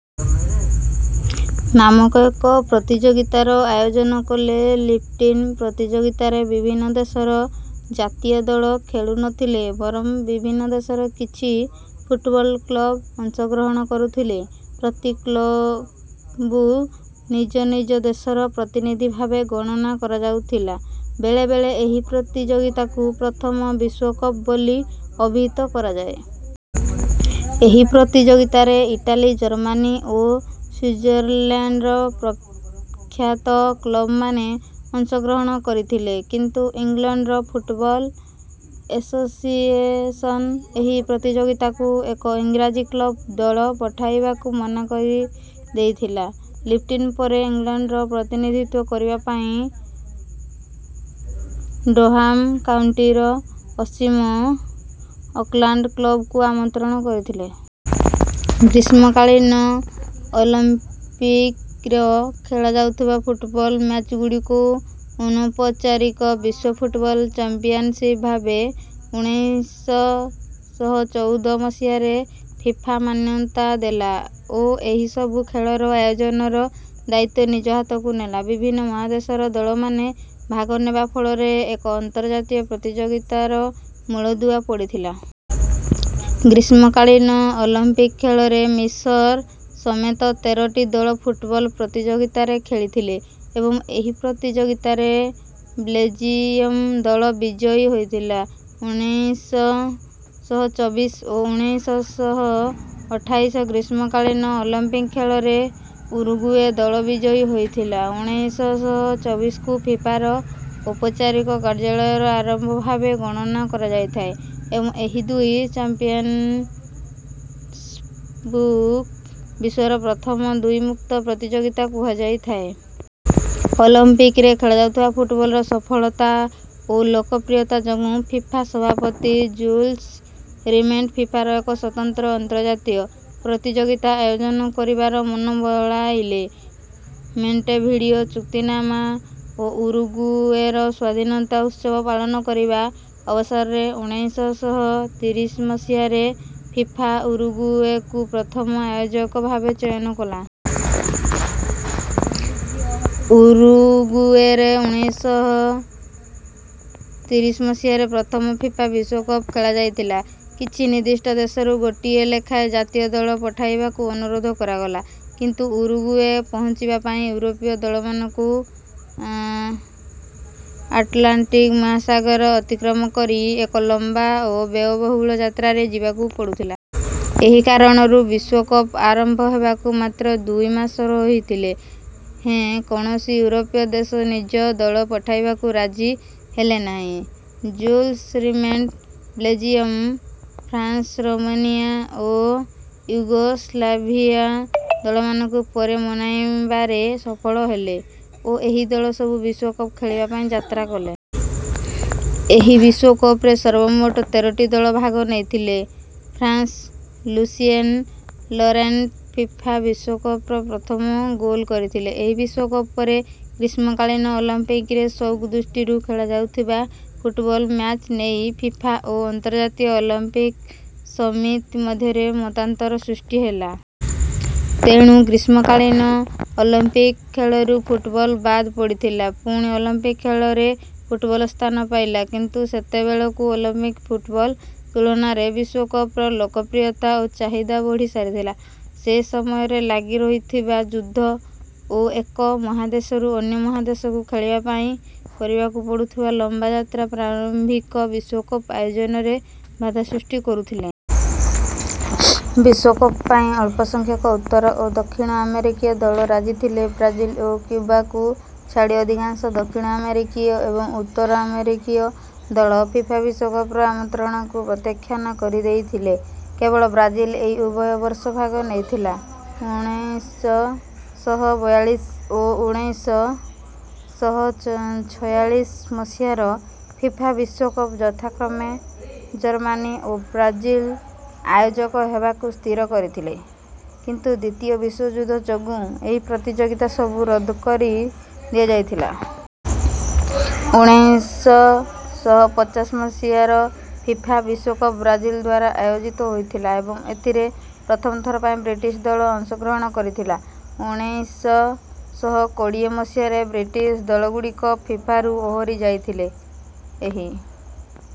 ନାମକ ଏକ ପ୍ରତିଯୋଗିତାର ଆୟୋଜନ କଲେ। ଲିପ୍ଟନ୍ ପ୍ରତିଯୋଗିତାରେ ବିଭିନ୍ନ ଦେଶର ଜାତୀୟ ଦଳ ଖେଳୁନଥିଲେ। ବରଂ ବିଭିନ୍ନ ଦେଶର କିଛି ଫୁଟବଲ୍ କ୍ଲବ୍ ଅଂଶଗ୍ରହଣ କରୁଥିଲେ। ପ୍ରତି କ୍ଲବୁ ନିଜ ନିଜ ଦେଶର ପ୍ରତିନିଧି ଭାବେ ଗଣନା କରାଯାଉଥିଲା। ବେଳେବେଳେ ଏହି ପ୍ରତିଯୋଗିତାକୁ ପ୍ରଥମ ବିଶ୍ୱକପ ବୋଲି ଅଭିହିତ କରାଯାଏ। ଏହି ପ୍ରତିଯୋଗିତାରେ ଇଟାଲୀ ଜର୍ମାନୀ ଓ ସ୍ୱିଜରଲ୍ୟାଣ୍ଡର ପ୍ରଖ୍ୟାତ କ୍ଲବ୍‍ମାନେ ଅଂଶଗ୍ରହଣ କରିଥିଲେ କିନ୍ତୁ ଇଂଲଣ୍ଡର ଫୁଟବଲ୍ ଏଶୋସିଏସନ୍ ଏହି ପ୍ରତିଯୋଗିତାକୁ ଏକ ଈଂରାଜୀ କ୍ଲବ୍ ଦଳ ପଠାଇବାକୁ ମନା କରିଦେଇଥିଲା। ଲିପ୍ଟନ୍ ପରେ ଇଂଲଣ୍ଡର ପ୍ରତିନିଧିତ୍ୱ କରିବା ପାଇଁ ଡର୍ହାମ୍ କାଉଣ୍ଟିର ପଶ୍ଚିମ ଅକ୍ଲାଣ୍ଡ କ୍ଲବ୍‍କୁ ଆମନ୍ତ୍ରଣ କରିଥିଲେ। ଗ୍ରୀଷ୍ମକାଳୀନ ଅଲମ୍ପିକ୍‍ରେ ଖେଳାଯାଉଥିବା ଫୁଟବଲ୍ ମ୍ୟାଚ୍‍ଗୁଡ଼ିକୁ ଅନୌପଚାରିକ ବିଶ୍ୱ ଫୁଟବଲ୍ ଚାମ୍ପିୟନ୍‍ଶିପ୍ ଭାବେ ଉଣେଇଶ ଶହ ଚଉଦ ମସିହାରେ ଫିଫା ମାନ୍ୟତା ଦେଲା ଓ ଏହି ସବୁ ଖେଳର ଆୟୋଜନର ଦାୟିତ୍ୱ ନିଜ ହାତକୁ ନେଲା। ବିଭିନ୍ନ ମହାଦେଶର ଦଳମାନେ ଭାଗ ନେବା ଫଳରେ ଏକ ଅନ୍ତର୍ଜାତୀୟ ପ୍ରତିଯୋଗିତାର ମୂଳଦୁଆ ପଡ଼ିଥିଲା। ଗ୍ରୀଷ୍ମକାଳୀନ ଅଲମ୍ପିକ୍ ଖେଳରେ ମିଶର ସମେତ ତେରଟି ଦଳ ଫୁଟବଲ୍ ପ୍ରତିଯୋଗିତାରେ ଖେଳିଥିଲେ ଏବଂ ଏହି ପ୍ରତିଯୋଗିତାରେ ବେଲ୍ଜିୟମ୍ ଦଳ ବିଜୟୀ ହୋଇଥିଲା। ଉଣେଇଶ ଶହ ଚବିଶ ଓ ଉଣେଇଶ ଶହ ଅଠାଇଶ ଗ୍ରୀଷ୍ମକାଳୀନ ଅଲମ୍ପିକ୍ ଖେଳରେ ଉରୁଗୁଏ ଦଳ ବିଜୟୀ ହୋଇଥିଲା। ଉଣେଇଶ ଶହ ଚବିଶକୁ ଫିଫାର ଔପଚାରିକ କାର୍ଯ୍ୟକାଳର ଆରମ୍ଭ ଭାବେ ଗଣନା କରାଯାଇଥାଏ ଏବଂ ଏହି ଦୁଇ ଚାମ୍ପିୟନ୍ଶିପ୍କୁ ବିଶ୍ୱର ପ୍ରଥମ ଦୁଇ ମୁକ୍ତ ପ୍ରତିଯୋଗିତା କୁହାଯାଇଥାଏ। ଅଲମ୍ପିକ୍ ରେ ଖେଳାଯାଉଥିବା ଫୁଟବଲ୍‍ର ସଫଳତା ଓ ଲୋକପ୍ରିୟତା ଯୋଗୁଁ ଫିଫା ସଭାପତି ଜୁଲ୍ସ୍ ରିମେଟ୍ ଫିଫାର ଏକ ସ୍ୱତନ୍ତ୍ର ଅନ୍ତର୍ଜାତୀୟ ପ୍ରତିଯୋଗିତା ଆୟୋଜନ କରିବାର ମନ ବଳାଇଲେ। ମଣ୍ଟେଭିଡ଼ିଓ ଚୁକ୍ତିନାମା ଓ ଉରୁଗୁଏର ସ୍ୱାଧୀନତା ଉତ୍ସବ ପାଳନ କରିବା ଅବସରରେ ଉଣେଇଶ ଶହ ତିରିଶ ମସିହାରେ ଫିଫା ଉରୁଗୁଏକୁ ପ୍ରଥମ ଆୟୋଜକ ଭାବେ ଚୟନ କଲା। ଉରୁଗୁଏରେ ଉଣେଇଶ ଶହ ତିରିଶ ମସିହାର ପ୍ରଥମ ଫିଫା ବିଶ୍ୱକପ୍ ଖେଳାଯାଇଥିଲା। କିଛି ନିର୍ଦ୍ଦିଷ୍ଟ ଦେଶରୁ ଗୋଟିଏ ଲେଖାଏଁ ଜାତୀୟ ଦଳ ପଠାଇବାକୁ ଅନୁରୋଧ କରାଗଲା। କିନ୍ତୁ ଉରୁଗୁଏ ପହଞ୍ଚିବା ପାଇଁ ୟୁରୋପୀୟ ଦଳମାନଙ୍କୁ ଆଟ୍ଲାଣ୍ଟିକ୍ ମହାସାଗର ଅତିକ୍ରମ କରି ଏକ ଲମ୍ବା ଓ ବ୍ୟୟବହୁଳ ଯାତ୍ରାରେ ଯିବାକୁ ପଡ଼ୁଥିଲା। ଏହି କାରଣରୁ ବିଶ୍ୱକପ୍ ଆରମ୍ଭ ହେବାକୁ ମାତ୍ର ଦୁଇ ମାସ ରହିଥିଲେ ହେଁ କୌଣସି ୟୁରୋପୀୟ ଦେଶ ନିଜ ଦଳ ପଠାଇବାକୁ ରାଜି ହେଲେନାହିଁ। Jules Rimet Belgium France Romania ଓ ୟୁଗୋସ୍ଲାଭିଆ ଦଳମାନଙ୍କୁ ପରେ ମନାଇବାରେ ସଫଳ ହେଲେ ଓ ଏହି ଦଳ ସବୁ ବିଶ୍ୱକପ୍ ଖେଳିବା ପାଇଁ ଯାତ୍ରା କଲେ। ଏହି ବିଶ୍ୱକପ୍ ରେ ସର୍ବମୋଟ ତେରଟି ଦଳ ଭାଗ ନେଇଥିଲେ। ଫ୍ରାଂସ୍ର ଲୁସିଏନ୍ ଲରେଣ୍ଟ୍ ଫିଫା ବିଶ୍ୱକପର ପ୍ରଥମ ଗୋଲ୍ କରିଥିଲେ। ଏହି ବିଶ୍ୱକପ ପରେ ଗ୍ରୀଷ୍ମକାଳୀନ ଅଲମ୍ପିକ୍ ରେ ସଉକ ଦୃଷ୍ଟିରୁ ଖେଳାଯାଉଥିବା ଫୁଟବଲ୍ ମ୍ୟାଚ୍କୁ ନେଇ ଫିଫା ଓ ଅନ୍ତର୍ଜାତୀୟ ଅଲମ୍ପିକ୍ ସମିତି ମଧ୍ୟରେ ମତାନ୍ତର ସୃଷ୍ଟି ହେଲା। ତେଣୁ ଗ୍ରୀଷ୍ମକାଳୀନ ଅଲମ୍ପିକ୍ ଖେଳରୁ ଫୁଟବଲ୍ ବାଦ୍ ପଡ଼ିଥିଲା। ପୁଣି ଅଲମ୍ପିକ୍ ଖେଳରେ ଫୁଟବଲ୍ ସ୍ଥାନ ପାଇଲା କିନ୍ତୁ ସେତେବେଳକୁ ଅଲମ୍ପିକ୍ ଫୁଟବଲ୍ ତୁଳନାରେ ବିଶ୍ୱକପର ଲୋକପ୍ରିୟତା ଓ ଚାହିଦା ବଢ଼ି ସାରିଥିଲା। ସେ ସମୟରେ ଲାଗି ରହୁଥିବା ଯୁଦ୍ଧ ଓ ଏକ ମହାଦେଶରୁ ଅନ୍ୟ ମହାଦେଶକୁ ଖେଳିବା ପାଇଁ କରିବାକୁ ପଡ଼ୁଥିବା ଲମ୍ବା ଯାତ୍ରା ପ୍ରାରମ୍ଭିକ ବିଶ୍ୱକପ ଆୟୋଜନରେ ବାଧା ସୃଷ୍ଟି କରୁଥିଲେ। ବିଶ୍ୱକପ ପାଇଁ ଅଳ୍ପସଂଖ୍ୟକ ଉତ୍ତର ଓ ଦକ୍ଷିଣ ଆମେରିକୀୟ ଦଳ ରାଜିଥିଲେ। ବ୍ରାଜିଲ୍ ଓ କ୍ୟୁବାକୁ ଛାଡ଼ି ଅଧିକାଂଶ ଦକ୍ଷିଣ ଆମେରିକୀୟ ଏବଂ ଉତ୍ତର ଆମେରିକୀୟ ଦଳ ଫିଫା ବିଶ୍ୱକପର ଆମନ୍ତ୍ରଣକୁ ପ୍ରତ୍ୟାଖ୍ୟାନ କରିଦେଇଥିଲେ। କେବଳ ବ୍ରାଜିଲ୍ ଏହି ଉଭୟ ବର୍ଷ ଭାଗ ନେଇଥିଲା। ଉଣେଇଶ ଶହ ବୟାଳିଶ ଓ ଉଣେଇଶ ଶହ ଛୟାଳିଶ ମସିହାର ଫିଫା ବିଶ୍ୱକପ ଯଥାକ୍ରମେ ଜର୍ମାନୀ ଓ ବ୍ରାଜିଲ୍ ଆୟୋଜକ ହେବାକୁ ସ୍ଥିର କରିଥିଲେ କିନ୍ତୁ ଦ୍ୱିତୀୟ ବିଶ୍ୱଯୁଦ୍ଧ ଯୋଗୁଁ ଏହି ପ୍ରତିଯୋଗିତା ସବୁ ରଦ୍ଦ କରି ଦିଆଯାଇଥିଲା। ଉଣେଇଶ ଶହ ପଚାଶ ମସିହାର ଫିଫା ବିଶ୍ୱକପ ବ୍ରାଜିଲଦ୍ୱାରା ଆୟୋଜିତ ହୋଇଥିଲା ଏବଂ ଏଥିରେ ପ୍ରଥମ ଥର ପାଇଁ ବ୍ରିଟିଶ୍ ଦଳ ଅଂଶଗ୍ରହଣ କରିଥିଲା । ଉଣେଇଶ ଶହ କୋଡ଼ିଏ ମସିହାରେ ବ୍ରିଟିଶ୍ ଦଳଗୁଡ଼ିକ ଫିଫାରୁ ଓହରି ଯାଇଥିଲେ। ଏହି